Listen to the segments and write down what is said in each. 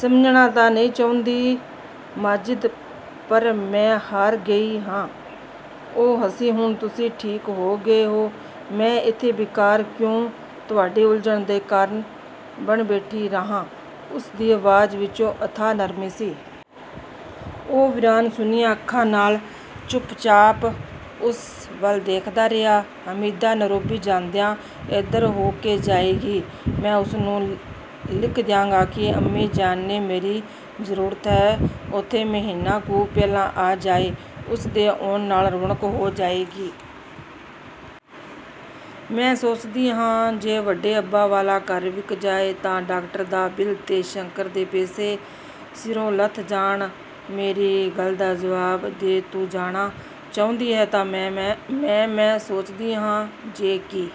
"ਸਮਝਣਾ ਤਾਂ ਨਹੀਂ ਚਾਹੁੰਦੀ ਮਾਜਿਦ, ਪਰ ਮੈਂ ਹਾਰ ਗਈ ਹਾਂ।" ਉਹ ਹੱਸੀ, "ਹੁਣ ਤੁਸੀਂ ਠੀਕ ਹੋ ਗਏ ਹੋ, ਮੈਂ ਇੱਥੇ ਬੇਕਾਰ ਕਿਉਂ ਤੁਹਾਡੀ ਉਲਝਣ ਦਾ ਕਾਰਨ ਬਣੀ ਬੈਠੀ ਰਹਾਂ?" ਉਸਦੀ ਆਵਾਜ਼ ਵਿੱਚ ਅਥਾਹ ਨਰਮੀ ਸੀ। ਉਹ ਵੀਰਾਨ-ਸੁੰਨੀਆਂ ਅੱਖਾਂ ਨਾਲ ਚੁੱਪਚਾਪ ਉਸ ਵੱਲ ਦੇਖਦਾ ਰਿਹਾ। "ਹਮੀਦਾ ਨੇਰੋਬੀ ਜਾਂਦਿਆਂ ਇੱਧਰ ਹੋ ਕੇ ਜਾਏਗੀ। ਮੈਂ ਉਸਨੂੰ ਲਿਖ ਦਿਆਂ ਕਿ ਅੰਮੀ ਜਾਨ ਨੂੰ ਮੇਰੀ ਜ਼ਰੂਰਤ ਹੈ, ਉਹ ਇੱਥੇ ਮਹੀਨਾ ਕੁ ਪਹਿਲਾਂ ਆ ਜਾਏ, ਉਸਦੇ ਆਉਣ ਨਾਲ ਰੌਣਕ ਹੋ ਜਾਏਗੀ।" ਮੈਂ ਸੋਚਦੀ ਹਾਂ ਜੇ ਵੱਡੇ ਅੱਬਾ ਵਾਲਾ ਘਰ ਵਿਕ ਜਾਏ ਤਾਂ ਡਾਕਟਰ ਦਾ ਬਿੱਲ ਤੇ ਸ਼ੰਕਰ ਦੇ ਪੈਸੇ ਸਿਰੋਂ ਲੱਥ ਜਾਣ।" "ਮੇਰੀ ਗੱਲ ਦਾ ਜਵਾਬ ਦੇ, ਤੂੰ ਜਾਣਾ ਚਾਹੁੰਦੀ ਹੈਂ?" "ਮੈਂ-ਮੈਂ ਸੋਚਦੀ ਹਾਂ ਜੇ," "ਕੀ?"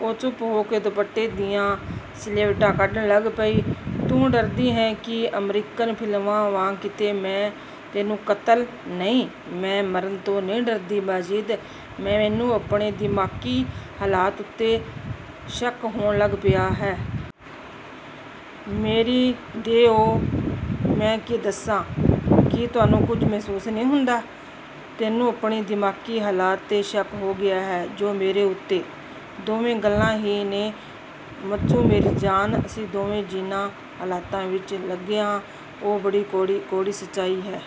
ਉਹ ਚੁੱਪ ਹੋ ਕੇ ਆਪਣੇ ਦੁਪੱਟੇ ਦੀਆਂ ਸਿਲਵਟਾਂ ਕੱਢਣ ਲੱਗ ਪਈ। "ਤੂੰ ਡਰਦੀ ਹੈਂ ਕਿ ਅਮਰੀਕਨ ਫ਼ਿਲਮਾਂ ਵਾਂਗ ਕਿਤੇ ਮੈਂ ਤੈਨੂੰ ਕਤਲ" "ਨਹੀਂ, ਮੈਂ ਮਰਨ ਤੋਂ ਨਹੀਂ ਡਰਦੀ ਮਾਜਿਦ, ਮ-ਮੈਨੂੰ ਆਪਣੀ ਦਿਮਾਗ਼ੀ ਹਾਲਤ ਉੱਤੇ ਸ਼ੱਕ ਹੋਣ ਲੱਗ ਪਿਆ ਹੈ। ਮੇਰੀ ਦੇਹ, ਓ-ਹੋ, ਮੈਂ ਕੀ ਦੱਸਾਂ। ਕੀ ਤੁਹਾਨੂੰ ਕੁਝ ਮਹਿਸੂਸ ਨਹੀਂ ਹੁੰਦਾ?" "ਤੈਨੂੰ ਆਪਣੀ ਦਿਮਾਗ਼ੀ ਹਾਲਤ 'ਤੇ ਸ਼ੱਕ ਹੋ ਗਿਆ ਹੈ, ਜਾਂ ਮੇਰੇ ਉੱਤੇ?" "ਦੋਵੇਂ ਗੱਲਾਂ ਹੀ ਨੇ। ਮੱਜੂ ਮੇਰੀ ਜਾਨ ਅਸੀਂ ਦੋਵੇਂ ਜਿਹਨਾਂ ਹਾਲਤਾਂ ਵਿੱਚੋਂ ਲੰਘੇ ਹਾਂ, ਉਹ ਬੜੀ ਕੌੜੀ ਸਚਾਈ ਹੈ।"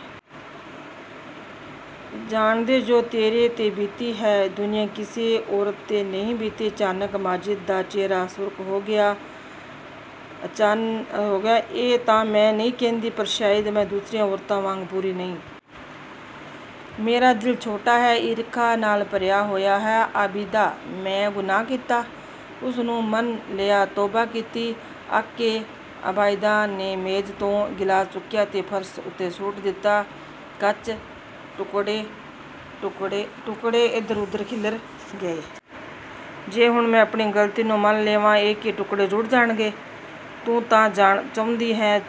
"ਜਾਣਦਾ, ਜੋ ਤੇਰੇ 'ਤੇ ਬੀਤੀ ਹੈ, ਦੁਨੀਆਂ ਦੀ ਕਿਸੇ ਹੋਰ ਔਰਤ 'ਤੇ ਨਹੀਂ ਬੀਤੀ।" ਅਚਾਨਕ ਮਾਜਿਦ ਦਾ ਚਿਹਰਾ ਸੁਰਖ਼ ਹੋ ਗਿਆ। "ਇਹ ਤਾਂ ਮੈਂ ਨਹੀਂ ਕਹਿੰਦੀ, ਪਰ ਸ਼ਾਇਦ ਮੈਂ ਦੂਸਰੀਆਂ ਔਰਤਾਂ ਵਾਂਗ ਪੂਰੀ ਨਹੀਂ। ਮੇਰਾ ਦਿਲ ਛੋਟਾ ਹੈ। ਈਰਖਾ ਨਾਲ ਭਰਿਆ ਹੋਇਆ ਹੈ।" "ਆਬਿਦਾ, ਮੈਂ ਗੁਨਾਹ ਕੀਤਾ, ਉਸਨੂੰ ਮੰਨ ਲਿਆ, ਤੋਬਾ ਕੀਤੀ!" ਅੱਕ ਕੇ ਆਬਿਦਾ ਨੇ ਮੇਜ਼ ਤੋਂ ਗਿਲਾਸ ਚੁੱਕਿਆ ਤੇ ਫ਼ਰਸ਼ ਉੱਤੇ ਸੁੱਟ ਦਿੱਤਾ। ਕੱਚ ਦੇ ਟੁੱਕੜੇ ਇਧਰ-ਉਧਰ ਖਿੱਲਰ ਗਏ। "ਜੇ ਹੁਣ ਮੈਂ ਆਪਣੀ ਗ਼ਲਤੀ ਮੰਨ ਲਵਾਂ, ਕੀ ਇਹ ਟੁਕੜੇ ਜੁੜ ਜਾਣਗੇ?" "ਤਾਂ ਤੂੰ ਜਾਣਾ ਚਾਹੁੰਦੀ ਹੈਂ,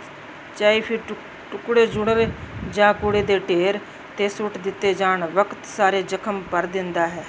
ਚਾਹੇ ਫਿਰ ਟੁਕੜੇ ਜੁੜਨ ਜਾਂ ਕੂੜੇ ਦੇ ਢੇਰ 'ਤੇ ਸੁੱਟ ਦਿੱਤੇ ਜਾਣ?" "ਵਕਤ ਸਾਰੇ ਜ਼ਖ਼ਮ ਭਰ ਦੇਂਦਾ ਹੈ।